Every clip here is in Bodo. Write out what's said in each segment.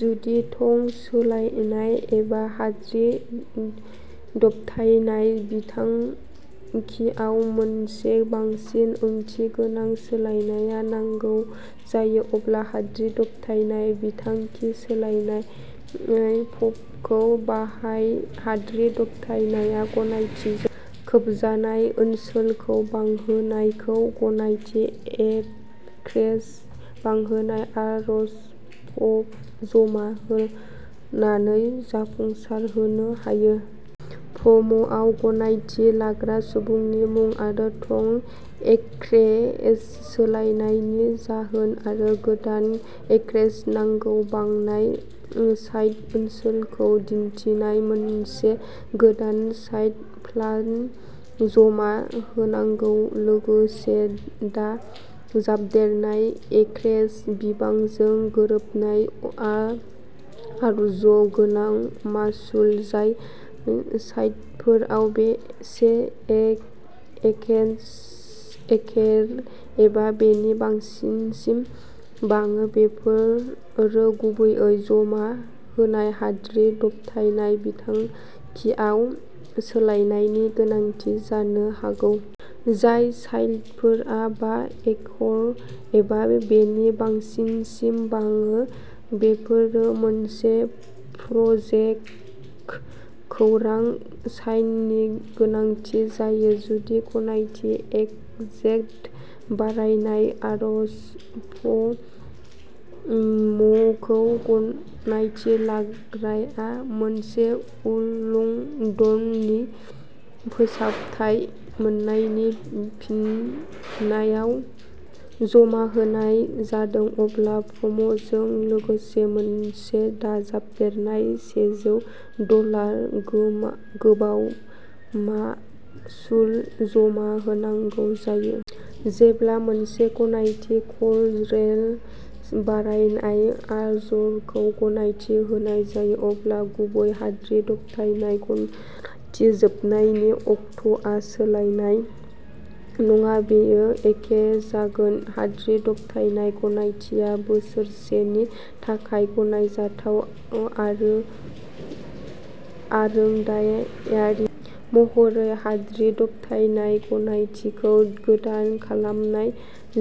जुदि थं सोलायनाय एबा हाद्रि दबथायनाय बिथांखियाव मोनसे बांसिन ओंथिगोनां सोलायनाय नांगौ जायो अब्ला हाद्रि दबथायनाय बिथांखि सोलायनाय फर्मखौ बाहाय। हाद्रि दबथायनाय गनायथिजों खोबजानाय ओनसोलखौ बांहोनायखौ गनायथि एक्रेज बांहोनाय आर'ज फर्म जमा होनानै जाफुंसारहोनो हायो। फर्मआव गनायथि लाग्रा सुबुंनि मुं आरो थं, एक्रेज सोलायनायनि जाहोन आरो गोदान एक्रेज नांगौ। बांनाय साइट ओनसोलखौ दिन्थिनाय मोनसे गोदान साइट प्लान जमा होनांगौ लोगोसे दाजाबदेरनाय एक्रेज बिबांजों गोरोबनाय आर'ज गोनां मासुल। जाय साइटफोरा से एकर एबा बेनि बांसिनसिम बाङो बेफोरो गुबैयै जमा होनाय हाद्रि दबथायनाय बिथांखियाव सोलायनायनि गोनांथि जानो हागौ। जाय साइटफोरा बा एकर एबा बेनि बांसिनसिम बाङो बेफोरो मोनसे प्रजेक्ट खौरां साइननि गोनांथि जायो। जुदि गनायथि एकरेज बारायनाय आर'ज फर्मखौ गनायथि लाग्राया मोनसे उल्लंधननि फोसावथाय मोननायनि फिननायाव जमा होनाय जादों अब्ला फर्मजों लोगोसे मोनसे दाजाबदेरनाय सेजौ डलार गोबाव मासुल जमा होनांगौ जायो। जेब्ला मोनसे गनायथि एकरेज बारायनाय आर'जखौ गनायथि होनाय जायो अब्ला गुबै हाद्रि दबथायनाय गनायथि जोबनायनि अक्ट'आ सोलायनाय नङा बेयो एखे जागोन। हाद्रि दबथायनाय गनायथिआ बोसोरसेनि थाखाय गनायजाथाव। आरोंदायारि महरै, हाद्रि दबथायनाय गनायथिखौ गोदान खालामनाय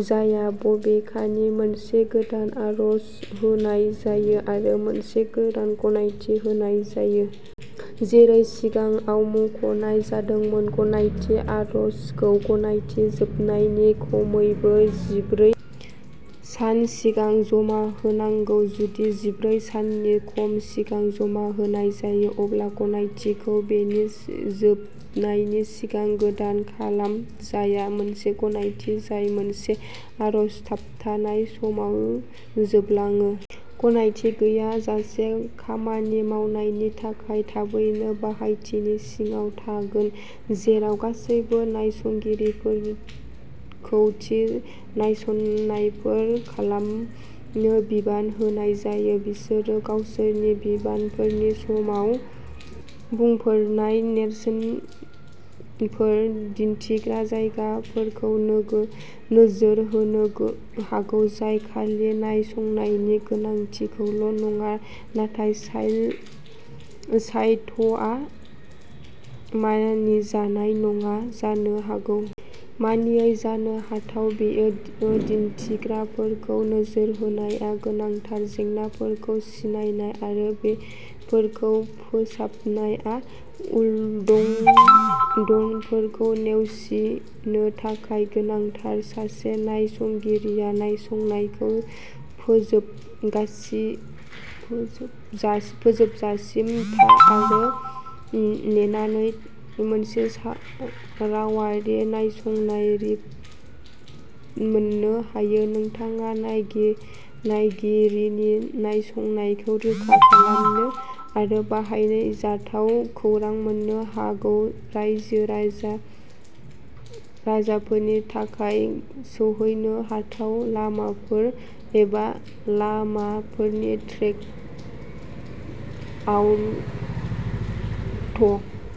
जाया बबेखानि मोनसे गोदान आर'ज होनाय जायो आरो मोनसे गोदान गनायथि होनाय जायो। जेरै सिगाङाव मुंख'नाय जादोंमोन गनायथि आर'जखौ गनायथि जोबनायनि खमैबो जिब्रै सान सिगां जमा होनांगौ। जुदि जिब्रै साननि खम सिगां जमा होनाय जायो अब्ला गनायथिखौ बेनि जोबनायनि सिगां गोदान खालामजाया। मोनसे गनायथि जाय मोनसे आर'ज थाबथानाय समाव जोबलाङो। गनायथि गैयाजासे खामानि मावनायनि थाखाय थाबैनो बाहायथिनि सिङाव थागोन। जेराव गासैबो नायसंगिरिफोरखौ थि नायसंनायफोर खालामनो बिबान होनाय जायो, बिसोर गावसोरनि बिबानफोरनि समाव "बुंफोरनाय" नेरसोनफोर दिन्थिग्रा जायगाफोरखौ नोजोर होनो हागौ जाय खालि नायसंनायनि गोनांथिखौल' नङा नाथाय साइटआ मानिजानाय नङा जानो हागौ। मानियै जानो हाथाव बेफोर दिन्थिग्राफोरखौ नोजोर होनाया गोनांथार। जेंनाफोरखौ सिनायनाय आरो बेफोरखौ फोसाबनाया उल्लंधनफोरखौ नेवसिनो थाखाय गोनांथार। सासे नायसंगिरिआ नायसंनायखौ फोजोबजासिम था आरो नेनानै मोनसे रावारि नायसंनाय रिपर्ट मोन्नो हायो। नोंथाङा नायगिरिनि नायसंनायखौ रोखा खालामनो आरो बाहायजाथाव खौरां मोन्नो हायो। रायजो-राजाफोरनि थाखाय सौहैनो हाथाव लामाफोर एबा लामाफोरनि ट्रेकआउट।